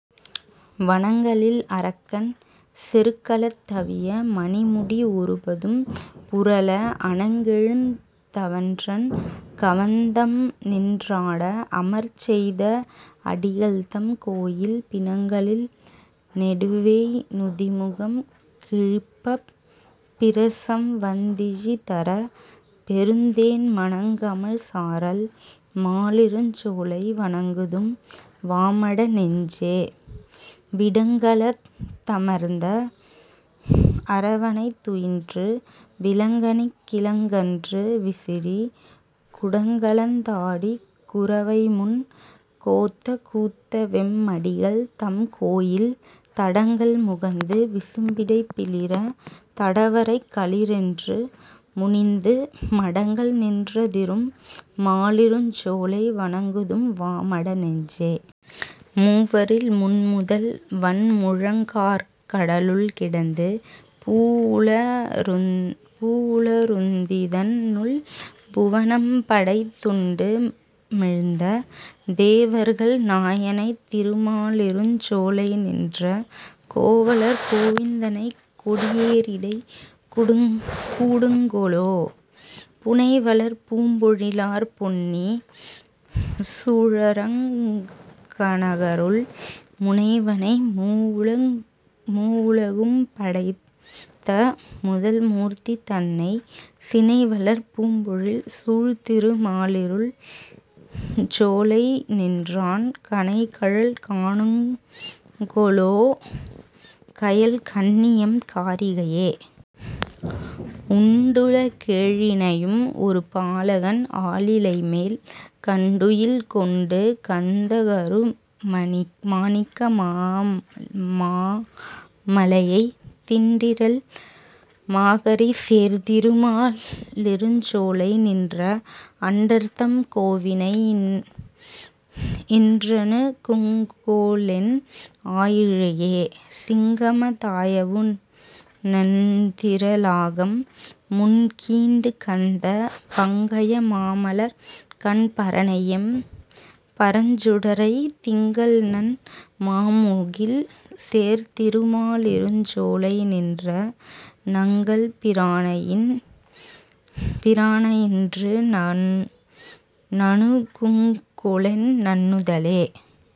வணங்கலில் அரக்கன் செருக்களத் தவிய மணிமுடி ஒருபதும் புரள அணங்கெழுந் தவன்றன் கவந்தம்நின் றாட அமர்ச்செய்த அடிகள்தம் கோயில் பிணங்கலில் நெடுவேய் நுதிமுகம் கிழிப்பப் பிரசம்வந் திழிதர பெருந்தேன் மணங்கமழ் சாரல் மாலிருஞ் சோலை வணங்குதும் வாமட நெஞ்சே.. விடங்கலந் தமர்ந்த அரவணைத் துயின்று விளங்கனிக் கிளங்கன்று விசிறி, குடங்கலந் தாடிக் குரவைமுன் கோத்த கூத்தவெம் மடிகள்தம் கோயில் தடங்கடல் முகந்து விசும்பிடைப் பிளிறத் தடவரைக் களிறென்று முனிந்து மடங்கல்நின் றதிரும் மாலிருஞ் சோலை வணங்குதும் வாமட நெஞ்சே.. மூவரில் முன்முதல் வன்முழங் கார்கட லுள்கிடந்து, பூவுல ருந்திதன் னுள்புவ னம்படைத் துண்டுமிழ்ந்த, தேவர்கள் நாயக னைத்திரு மாலிருஞ் சோலைநின்ற, கோவலர் கோவிந் தனைக்கொடி யேரிடை கூடுங்கொலோ.. புனைவளர் பூம்பொழி லார்பொன்னி சூழரங் கநகருள் முனைவனை, மூவுல கும்படைத் தமுதல் மூர்த்திதன்னை, சினைவளர் பூம்பொழில் சூழ்திரு மாலிருஞ் சோலைநின்றான் கனைகழல் காணுங்கொ லோகயல் கண்ணியெம் காரிகையே.. உண்டுல கேழினை யும் ஒரு பாலகன் ஆலிலைமேல், கண்டுயில் கொண்டுகந் தகரு மாணிக்க மாமலையை, திண்டிறல் மாகரி சேர்திரு மாலிருஞ் சோலைநின்ற, அண்டர்தம் கோவினை யின்றணு குங்கொலென் ஆயிழையே.. சிங்கம தாயவு ணன்திற லாகம்முன் கீண்டுகந்த, பங்கய மாமலர்க் கண்பர னையெம் பரஞ்சுடரை, திங்கள்நன் மாமுகில் சேர்திரு மாலிருஞ் சோலைநின்ற, நங்கள்பி ரானையின் றுநணு குங்கொலென் நன்னுதலே.